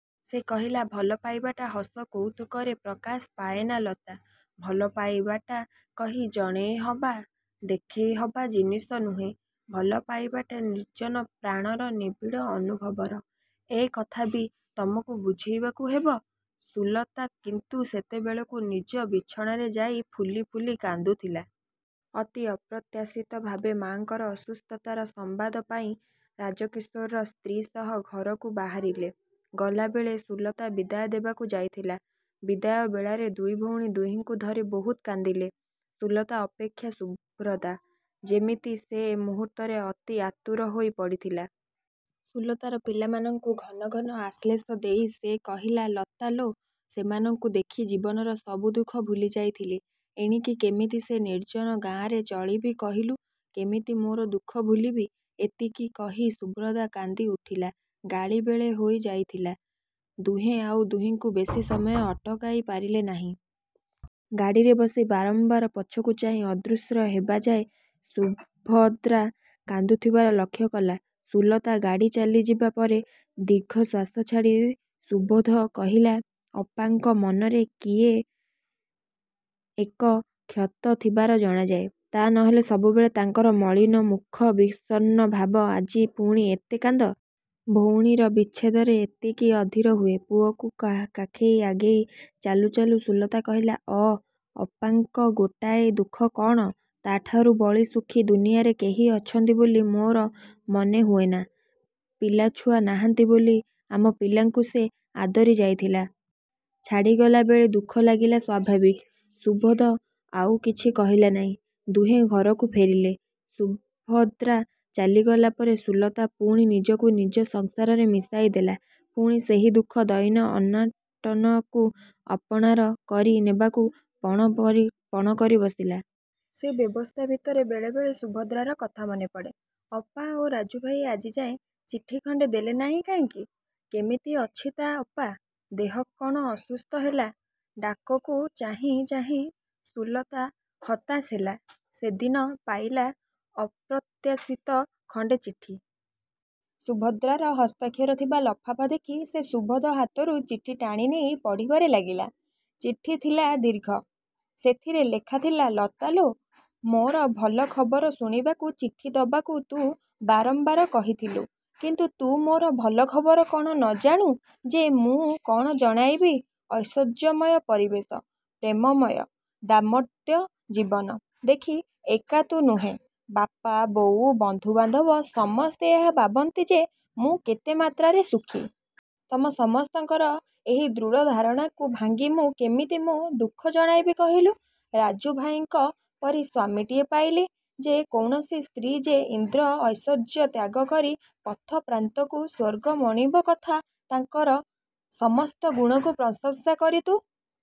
ସେ କହିଲା, ଭଲ ପାଇବାଟା ହସ କୌତୁକରେ ପ୍ରକାଶ ପାଏନା ଲତା! ଭଲପାଇବାଟା କହି ଜଣେଇହବା, ଦେଖେଇହବା ଜିନିଷ ନୁହେଁ। ଭଲପାଇବାଟା ନିର୍ଜନ ପ୍ରାଣର, ନିବିଡ଼ ଅନୁଭବର। ଏ କଥା ବି ତମକୁ ବୁଝେଇବାକୁ ହେବ। ସୁଲତା କିନ୍ତୁ ସେତେବେଳେକୁ ନିଜ ବିଛଣାରେ ଯାଇ ଫୁଲି ଫୁଲି କାନ୍ଦୁଥିଲା। ଅତି ଅପ୍ରତ୍ୟାଶିତ ଭାବେ ମା'ଙ୍କର ଅସୁସ୍ଥତାର ସମ୍ବାଦ ପାଇ ରାଜକିଶୋର ସ୍ତ୍ରୀ ସହ ଘରକୁ ବାହାରିଲେ। ଗଲାବେଳେ ସୁଲତା ବିଦାୟ ଦେବାକୁ ଯାଇଥିଲା। ବିଦାୟ ବେଳାରେ ଦୁଇ ଭଉଣୀ ଦୁହିଁଙ୍କୁ ଧରି ବହୁତ କାନ୍ଦିଲେ। ସୁଲତା ଅପେକ୍ଷା ସୁଭଦ୍ରା। ଯେମିତି ସେ ମୁହୂର୍ତ୍ତରେ ଅତି ଆତୁର ହୋଇ ପଡ଼ିଥିଲା। ସୁଲତାର ପିଲାମାନଙ୍କୁ ଘନଘନ ଆଶ୍ଲେଷ ଦେଇ ସେ କହିଲା, ଲତା ଲୋ, ସେମାନଙ୍କୁ ଦେଖି ଜୀବନର ସବୁ ଦୁଃଖ ଭୁଲି ଯାଇଥିଲି। ଏଣିକି କେମିତି ସେ ନିର୍ଜନ ଗାଁରେ ଚଳିବି କହିଲୁ? କେମିତି ମୋର ଦୁଃଖ ଭୁଲିବି? ଏତିକି କହି ସୁଭଦ୍ରା କାନ୍ଦି ଉଠିଲା। ଗାଡ଼ି ବେଳ ହୋଇ ଯାଇଥିଲା–ଦୁହେଁ ଆଉ ଦୁହିଁଙ୍କୁ ବେଶୀ ସମୟ ଅଟକାଇ ପାରିଲେ ନାହିଁ। ଗାଡ଼ିରେ ବସି ବାରମ୍ବାର ପଛକୁ ଚାହିଁ ଅଦୃଶ୍ୟ ହେବାଯାଏ ସୁଭଦ୍ରା କାନ୍ଦୁଥିବାର ଲକ୍ଷ୍ୟକଲା ସୁଲତା-। ଗାଡ଼ି ଚାଲିଯିବା ପରେ ଦୀର୍ଘଶ୍ୱାସ ଛାଡ଼ି ସୁବୋଧ କହିଲା–ଅପାଙ୍କ ମନରେ କି ଏକ କ୍ଷତ ଥିବାର ଜଣାଯାଏ। ତା' ନହେଲେ ସବୁବେଳେ ତାଙ୍କର ମଳିନ ମୁଖ, ବିଷର୍ଣ୍ଣ ଭାବ। ଆଜି ପୁଣି ଏତେ କାନ୍ଦ। ଭଉଣୀର ବିଚ୍ଛେଦରେ ଏତିକି ଅଧୀର ହୁଏ? ପୁଅକୁ କାଖେଇ ଆଗେଇ ଚାଲୁ ଚାଲୁ ସୁଲତା କହିଲା–ଅଃ, ଅପାଙ୍କ ଗୋଟାଏ ଦୁଃଖ କ'ଣ? ତା' ଠାରୁ ବଳି ସୁଖୀ ଦୁନିଆରେ କେହି ଅଛନ୍ତି ବୋଲି ମୋର ମନେ ହୁଏନା। ପିଲାଛୁଆ ନାହାନ୍ତି ବୋଲି ଆମ ପିଲାଙ୍କୁ ସେ ଆଦରି ଯାଇଥିଲା। ଛାଡ଼ିଗଲା ବେଳେ ଦୁଃଖ ଲାଗିବା ସ୍ଵାଭାବିକ। ସୁବୋଧ ଆଉ କିଛି କହିଲା ନାଇଁ। ଦୁହେଁ ଘରକୁ ଫେରିଲେ। ସୁଭଦ୍ରା ଚାଲିଗଲା ପରେ ସୁଲତା ପୁଣି ନିଜକୁ ନିଜ ସଂସାରରେ ମିଶାଇ ଦେଲା। ପୁଣି ସେହି ଦୁଃଖ ଦୈନ୍ୟ, ଅନାଟନକୁ ଆପଣାର କରି ନେବାକୁ ପଣ କରି ବସିଲା। ସେଇ ବ୍ୟସ୍ତତା ଭିତରେ ବେଳେବେଳେ ସୁଭଦ୍ରାର କଥା ମନେ ପଡ଼େ। ଅପା ଓ ରାଜୁଭାଇ ଆଜିଯାଏଁ ଚିଠି ଖଣ୍ଡେ ଦେଲେ ନାହିଁ କାହିଁକି? କେମିତି ଅଛି ତା' ଅପା? ଦେହ କ'ଣ ଅସୁସ୍ଥ ହେଲା? ଡାକକୁ ଚାହିଁ ଚାହିଁ ସୁଲତା ହତାଶ ହେଲା। ସେଦିନ ପାଇଲା ଅପ୍ରତ୍ୟାଶିତ ଖଣ୍ଡେ ଚିଠି। ସୁଭଦ୍ରାର ହସ୍ତାକ୍ଷର ଥିବା ଲଫାପା ଦେଖି ସେ ସୁବୋଧ ହାତରୁ ଚିଠି ଟାଣି ନେଇ ପଢ଼ିବାରେ ଲାଗିଲା। ଚିଠି ଥିଲା ଦୀର୍ଘ। ସେଥିରେ ଲେଖା ଥିଲା…. ଲତା ଲୋ, ମୋର ଭଲ ଖବର ଶୁଣିବାକୁ ଚିଠି ଦବାକୁ ତୁ ବାରମ୍ବାର କହିଥିଲୁ କିନ୍ତୁ ତୁ ମୋର ଭଲ ଖବର କ'ଣ ନଜାଣୁ ଯେ ମୁଁ କ'ଣ ଜଣାଇବି ଐଶ୍ୱର୍ଯ୍ୟମୟ ପରିବେଶ, ପ୍ରେମମୟ ଦାମ୍ପତ୍ୟ ଜୀବନ ଦେଖି ଏକା ତୁ ନୁହେଁ, ବାପା, ବୋଉ, ବନ୍ଧୁବାନ୍ଧବ ସମସ୍ତେ ଏହା ଭାବନ୍ତି ଯେ ମୁଁ କେତେ ମାତ୍ରାରେ ସୁଖୀ। ତମ ସମସ୍ତଙ୍କର ଏହି ଦୃଢ଼ ଧାରଣାକୁ ଭାଙ୍ଗି ମୁଁ କେମିତି ମୋ ଦୁଃଖ ଜଣାଇବି କହିଲୁ? ରାଜୁ ଭାଇଙ୍କ ପରି ସ୍ୱାମୀଟିଏ ପାଇଲେ ଯେ କୌଣସି ସ୍ତ୍ରୀ ଯେ ଇନ୍ଦ୍ର ଐଶ୍ୱର୍ଯ୍ୟ ତ୍ୟାଗ କରି ପଥପ୍ରାନ୍ତକୁ ସ୍ୱର୍ଗ ମଣିବ କଥା ତାଙ୍କର ସମସ୍ତ ଗୁଣକୁ ପ୍ରଶଂସା କରି ତୁ